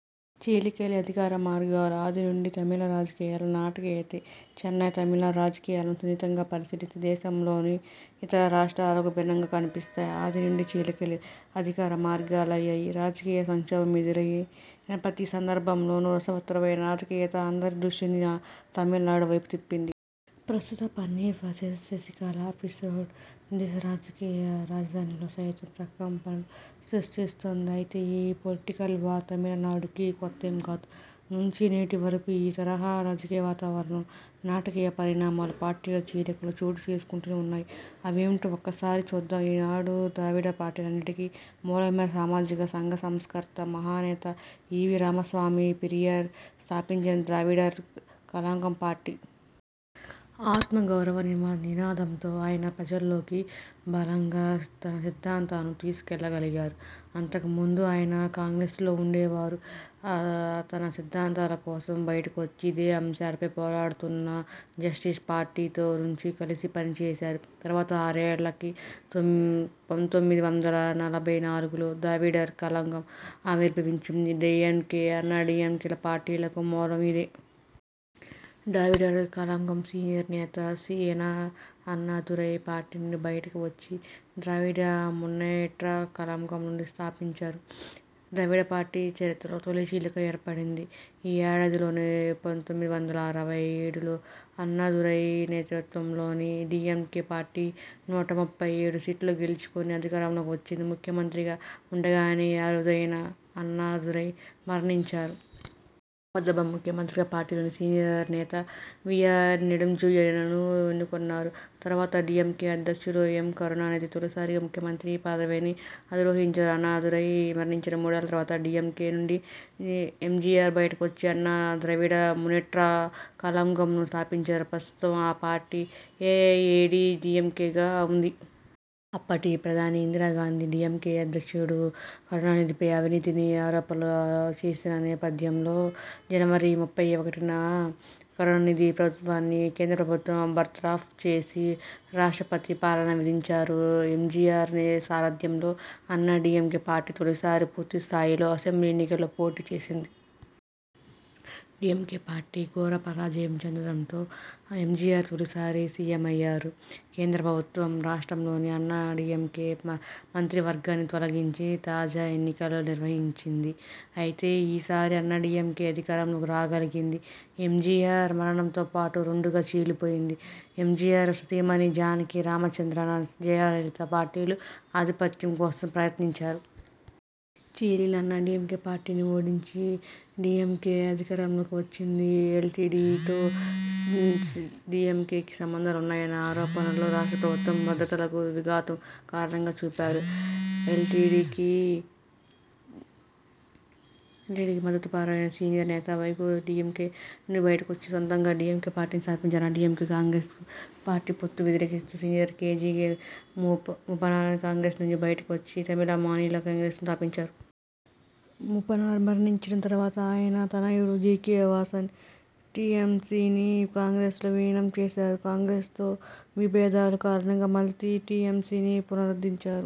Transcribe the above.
చీలికలే అధికార మార్గాలు ఆది నుంచి తమిళ రాజకీయాల్లో నాటకీయతేచెన్నై తమిళనాడు రాజకీయాలను సునిశితంగా పరి శీలిస్తే దేశంలోని ఇతర రాష్ట్రాలకు భిన్నంగా కనిపిస్తాయి. ఆది నుంచి చీలికలే అధికార మార్గాలయ్యాయి. రాజకీయ సంక్షోభం ఎదురైన ప్రతి సందర్భంలోనూ రసవత్తరమైన నాటకీయత అందరి దృష్టిని తమిళనాడు వైపుకు తిప్పింది. ప్రస్తుత 'పన్నీర్ వర్సెస్ శశికళ' ఎపిసోడ్ దేశ రాజధానిలో సైతం ప్రకంపనలు సృష్టిస్తోంది. అయితే ఈ పొలిటికల్ వార్ తమిళ నాడుకి కొత్తేం కాదు. నుంచి నేటి వరకు ఈ తరహా రాజకీయ వాతావరణం, నాటకీయ పరిణామాలు, పార్టీల్లో చీలికలు చోటుచేసు కుంటూనే వున్నాయి. అవేంటో ఒక్కసారి చూద్దాం ఈనాటి ద్రావిడ పార్టీలన్నింటికీ మూలమైన సామాజిక సంఘ సంస్కర్త, మహానేత ఈవీ రామసామి పెరియార్ స్థాపించిన ద్రావిడర్ కళగం పార్టీ. ఆత్మగౌరవ నినాదంతో ఆయన ప్రజల్లోకి బలంగా తన సిద్ధాంతాలను తీసుకెళ్లగలిగారు. అంతకుముందు ఆయన కాంగ్రెస్లో ఉండేవారు. తన సిద్ధాంతాల కోసం బయటికొచ్చి, ఇదే అంశాలపై పోరాడుతున్న జస్టిస్ పార్టీతో నుండి కలిసి పనిచేశారు. తరువాత ఆరేళ్లకి పంతొమ్మిది వందల నలభై నాలుగులో 'ద్రావిడర్ కళగం' ఆవిర్భవించింది డీఎంకే, అన్నాడీఎంకేల పార్టీలకు మూలం ఇదే. ద్రావిడర్ కళగం సీనియర్ నేత సీఎన అన్నాదురై పార్టీ నుంచి బయటకు వచ్చి ద్రావిడ మున్నేట్ర కళగం ను స్థాపించారు. ద్రావిడ పార్టీ చరిత్రలో తొలి చీలిక ఏర్పడింది ఈ ఏడాదిలోనే. పంతొమ్మిది వందల అరవై ఏడులో అన్నాదురై నేతృత్వంలోని డీఎంకే పార్టీ నూట ముప్పై ఏడు సీట్లు గెల్చుకుని అధికారంలోకి వచ్చింది ముఖ్యమంత్రిగా ఉండగానే అన్నాదురై మరణించారు. ఆపద్ధర్మ ముఖ్యమంత్రిగా పార్టీలోని సీనియర్ నేత వీఆర్ నెడుంజెళియనను ఎన్నుకున్నారు. తరువాత డీఎంకే అధ్యక్షుడు ఎం.కరుణానిధి తొలిసారి ముఖ్య మంత్రి పదవిని అధిరోహించారు. అన్నాదురై మరణించిన మూడేళ్ల తరువాత డీఎంకే నుంచి ఎంజీఆర్ బయటకొచ్చి అన్నా ద్రావిడ మున్నేట్ర కళగం ను స్థాపించారు. ప్రస్తుతం ఆ పార్టీ ఏఐఏడీఎంకేగా ఉంది. అప్పటి ప్రధాని ఇందిరాగాంధి డీఎంకే అధ్యక్షుడు కరుణానిధిపై అవినీతి ఆరోపణలు చేసిన నేపథ్యంలోజనవరి ముప్పై ఒకటిన కరుణానిధి ప్రభు త్వాన్ని కేంద్ర ప్రభుత్వం బర్తరఫ్ చేసి, రాష్ట్రపతి పాలన విధించారు ఎంజీఆర్ సారథ్యంలో అన్నాడీఎంకే పార్టీ తొలిసారి పూర్తి స్థాయిలో అసెంబ్లీ ఎన్నికల్లో పోటీ చేసింది. డీఎంకే పార్టీ ఘోర పరా జయం చెందడంతో ఎంజీఆర్ తొలిసారి సీఎం అయ్యారు. కేంద్ర ప్రభుత్వం రాష్ట్రంలోని అన్నాడీఎంకే మంత్రివర్గాన్ని తొలగించి, తాజాగా ఎన్నికలు నిర్వహించింది. అయితే ఈసారీ అన్నాడీఎంకే అధికారంలోకి రాగలిగింది. ఎంజీఆర్ మరణంతో పార్టీ రెండుగా చీలిపోయింది. ఎంజీఆర్ సతీమణి జానకి రామచంద్రన, జయలలిత పార్టీలో ఆధిపత్యం కోసం ప్రయత్నించారు. చీలిన అన్నాడీఎంకే పార్టీని ఓడించి డీఎంకే అధికారంలోకి వచ్చింది. ఎల్టీటీఈతో డీఎంకేకి సంబంధాలు ఉన్నాయన్న ఆరోపణలు, రాష్ట్రంలో శాంతి భద్రతలకు విఘాతం కారణాలుగా చూపారు. ఎల్టీటీఈకి మద్ధతుదారుడైన సీనియర్ నేత వైగో డీఎంకే నుంచి బయటకొచ్చి, సొంతంగా ఎండీఎంకే పార్టీ స్థాపించారు. అన్నాడీఎంకేతో కాంగ్రెస్ పార్టీ పొత్తుని వ్యతిరేకిస్తూ సీనియర్ జీకే మూపనార్ కాంగ్రెస్ నుంచి బయటకి వచ్చి తమిళ మానిల కాంగ్రెస్ ను స్థాపించారు. మూపనార్ మరణించిన తరువాత ఆయన తనయుడు జీకే వాసన్ టీఎంసీని కాంగ్రెస్లో విలీనం చేశారు. కాంగ్రెస్తో విభేదాలు కారణంగా మళ్లీ టీఎంసీని పునరుద్ధరించారు.